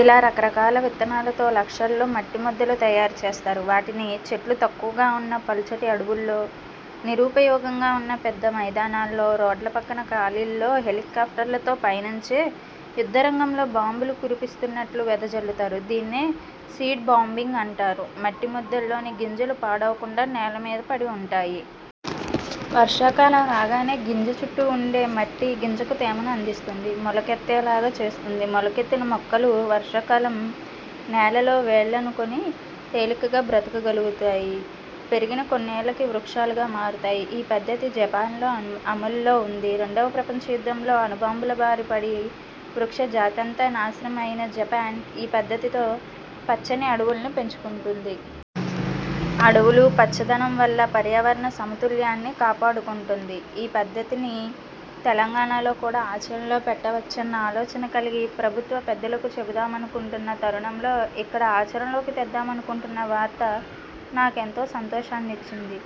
ఇలా రకరకాల విత్తనాలతో లక్షల్లో మట్టి ముద్దలు తయారుచేస్తారు. వాటిని చెట్లు తక్కువగా వున్న పలుచటి అడవుల్లో, నిరుపయోగంగా వున్న పెద్ద మైదానాల్లో, రోడ్ల పక్కన ఖాళీల్లో హెలికాఫ్టర్లతో పైనుంచే యుద్ధరంగంలో బాంబులు కురిపిస్తున్నట్లు వెదజల్లుతారు. దీన్నే 'సీడ్ బాంబింగ్' అంటారు. మట్టి ముద్దల్లో గింజలు పాడవకుండా నేలమీద పడి వుంటాయి. వర్షాకాలం రాంగానే గింజ చుట్టూ వుండే మట్టి గింజకు తేమని అందిస్తుంది. మొలకెత్తే లాగా చేస్తుంది. మొలకెత్తిన మొక్కలు వర్షాకాలం నేలలో వేళ్ళూనుకొని తేలికగా బ్రతుకగలుగుతాయి. పెరిగి కొన్నేళ్ళకి వృక్షాలుగా మారుతాయి. ఈ పద్ధతి జపాన్లో అమల్లో వుంది. రెండవ ప్రపంచ యుద్ధంలో అణుబాంబుల బారినపడి వృక్షజాతంతా నాశనం అయిన జపాన్ ఈ పద్ధతితో పచ్చని అడవుల్ని పెంచుకుంటోంది. అడవులూ, పచ్చదనం వల్ల పర్యావరణ సమతుల్యాన్ని కాపాడుకుంటోంది. ఈ పద్ధతిని తెలంగాణలో కూడా ఆచరణలో పెట్టవచ్చన్న ఆలోచన కలిగి, ప్రభుత్వ పెద్దలకు చెబుదామనుకుంటున్న తరుణంలో, ఇక్కడా ఆచరణలోకి తెద్దామనుకుంటున్న వార్త నాకెంతో సంతోషాన్నిచ్చింది.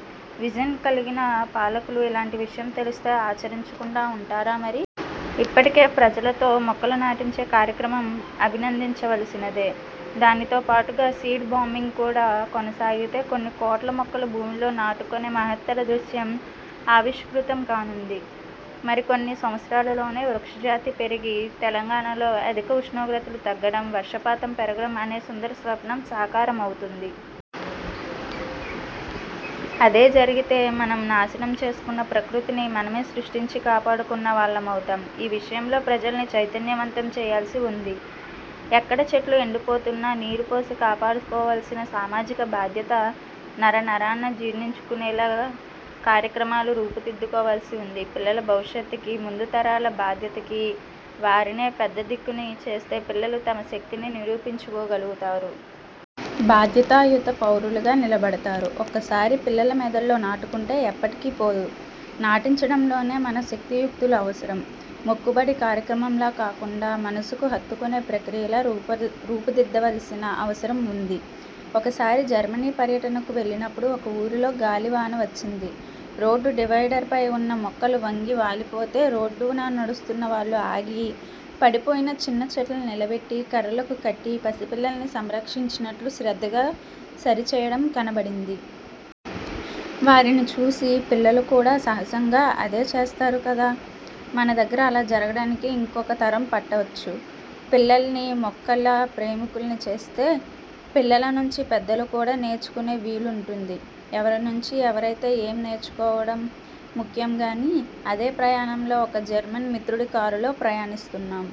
విజన్ కలిగిన పాలకులు ఇలాంటి విషయం తెలిస్తే ఆచరించకుండా ఉంటారా మరి! ఇప్పటికే ప్రజలతో మొక్కలు నాటించే కార్యక్రమం అభినందించవలసిందే. దానితో పాటుగా సీడ్ బాంబింగ్ కూడా కొనసాగితే కొన్ని కోట్ల మొక్కలు భూమిలో నాటుకొనే మహత్తర దృశ్యం ఆవిష్కృతం కానుంది. మరికొన్ని సంవత్సరాలలోనే వృక్షజాతి పెరిగి, తెలంగాణలో అధిక ఉష్ణోగ్రతలు తగ్గడం, వర్షపాతం పెరగడం అనే సుందర స్వప్నం సాకారమవుతుంది. అదే జరిగితే మనం నాశనం చేసుకొన్న ప్రకృతిని మనమే సృష్టించి కాపాడుకొన్న వాళ్ళమవుతాం. ఈ విషయంలో ప్రజల్ని చైతన్యవంతం చెయ్యాల్సి వుంది. ఎక్కడ చెట్టు ఎండిపోతున్నా నీరుపోసి కాపాడుకోవాల్సిన సామాజిక బాధ్యత నరనరానా జీర్ణించుకొనేలా కార్యక్రమాలు రూపుదిద్దుకోవాల్సి వుంది. పిల్లల భవిష్యత్తుకీ, ముందుతరాల బాధ్యతకీ వారినే పెద్ద దిక్కుని చేస్తే పిల్లలు తమ శక్తిని నిరూపించుకోగలుగుతారు. బాధ్యతాయుత పౌరులుగా నిలబడతారు. ఒక్కసారి పిల్లల మెదళ్ళలో నాటుకొంటే ఎప్పటికీ పోదు. నాటించడంలోనే మన శక్తియుక్తులు అవసరం. మొక్కుబడి కార్యక్రమంలా కాకుండా మనసుకి హత్తుకొనే ప్రక్రియలా రూపుదిద్దాల్సిన అవసరం వుంది. ఒకసారి జర్మనీ పర్యటనకు వెళ్ళినప్పుడు ఒక ఊరిలో గాలివాన వచ్చింది. రోడ్డు డివైడర్ పైన వున్న మొక్కలు వంగి వాలిపోతే రోడ్డున నడుస్తున్న వాళ్ళు ఆగి పడిపోయిన చిన్న చెట్లను నిలబెట్టి కర్రలకు కట్టి పసిపిల్లల్ని సంరక్షించినట్లు శ్రద్ధగా సరిచెయ్యడం కనబడింది. వారిని చూసి పిల్లలు కూడా సహజంగా అదే చేస్తారు కదా. మనదగ్గర అలా జరగడానికి ఇంకొక తరం పట్టొచ్చు పిల్లల్ని మొక్కల ప్రేమికుల్ని చేస్తే! పిల్లల నుంచీ పెద్దలు కూడా నేర్చుకొనే వీలుంటుంది. ఎవరి నుంచి ఎవరయితే ఏం నేర్చుకోవడం ముఖ్యంగానీ. అదే ప్రయాణంలో ఒక జర్మన్ మిత్రుడి కారులో ప్రయాణిస్తున్నాం.